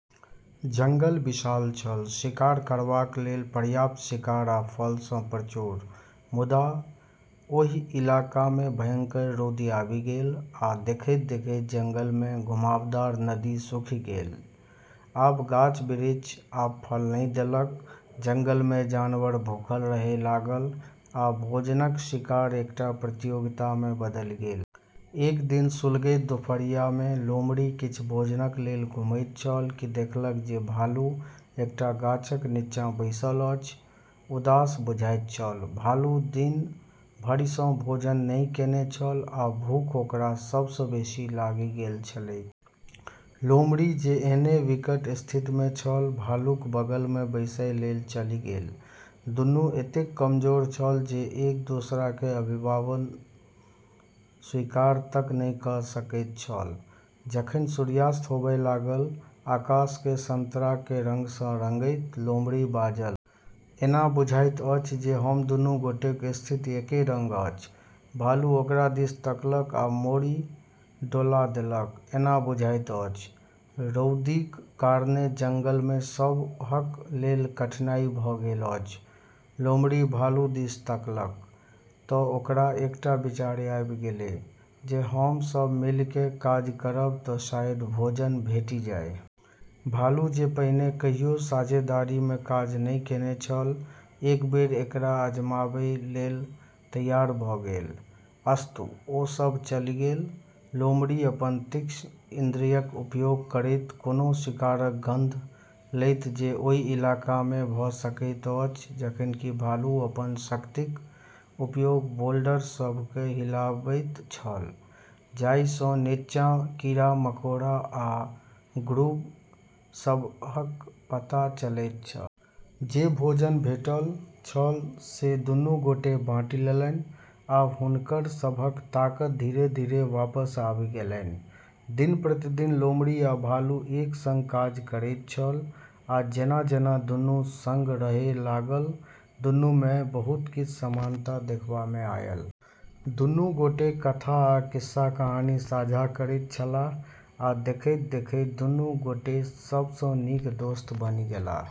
जंगल विशाल छल, शिकार करबाक लेल पर्याप्त शिकार आ फलसँ प्रचूर । मुदा, ओहि इलाकामे भयंकर रौदी आबि गेलै, आ देखैत-देखैत जंगलमे घुमावदार नदी सुखि गेलै, आ गाछ-बिरिछ आब फल नहि देलक। जंगलमे जानवर भूखल रहै लागल, आ भोजनक शिकार एकटा प्रतियोगितामे बदलि गेल। एक दिन सुलगैत दोपहरियामे लोमड़ी किछ भोजनक लेल घुमैत छल कि देखलक जे भालू एकटा गाछक निच्चाँ बैसल अछि, उदास बुझाइत छल। भालू दिन भरिसँ भोजन नहि केने छल, आ भूख ओकरा सबसँ बेशी लागि गेल छलैक। लोमड़ी, जे एहने विकट स्थितिमे छल, भालूक बगलमे बैसय लेल चलि गेल, दुन्नू एतेक कमजोर छल जे एक दोसराकेँ अभिवादन स्वीकार तक नहि क' सकैत छल। जखन सूर्यास्त होबय लागल, आकाशके संतराके रंगसँ रंगैत, लोमड़ी बाजल। "एना बुझाइत अछि जे हम दुन्नू गोटेक स्थिति एके रंग अछि। " भालू ओकरा दिस तकलक आ मुड़ी डोला देलक, "एना बुझाइत अछि। रौदीक कारणेँ जंगलमे सबहक लेल कठिनाई भ' गेल अछि। " लोमड़ी भालू दिस तकलक, त' ओकरा एकटा विचार आबि गेलै, "जँ हम सभ मिलिके काज करब त' शायद भोजन भेटि जाय। " भालू जे पहिने कहियो साझेदारीमे काज नहि केने छल, एक बेर एकरा आजमाबै लेल तैयार भ' गेल। अस्तु, ओ सभ चलि गेल, लोमड़ी अपन तीक्ष्ण इन्द्रियक उपयोग करैत कोनो शिकारक गंध लैत जे ओहि इलाकामे भ' सकैत अछि जखन कि भालू अपन शक्तिक उपयोग बोल्डर सभकेँ हिलाबैत छल, जाहिसँ निच्चाँ कीड़ा-मकोड़ा आ ग्रुब सभक पता चलैत छल। जे भोजन भेटल छल से दुन्नू गोटे बाँटि लेलनि, आ हुनकर सभक ताकत धीरे-धीरे वापस आबि गेलनि। दिन-प्रतिदिन लोमड़ी आ भालू एक सङ्ग काज करैत छल, आ जेना-जेना दुन्नू सङ्ग रहै लागल, दुन्नूमे बहुत किछ समानता देखबामे आयल। दुन्नू गोटे कथा आ किस्सा-कहानी साझा करैत छलाह, आ देखैत-देखैत दुन्नू गोटे सबसँ नीक दोस्त बनि गेलाह।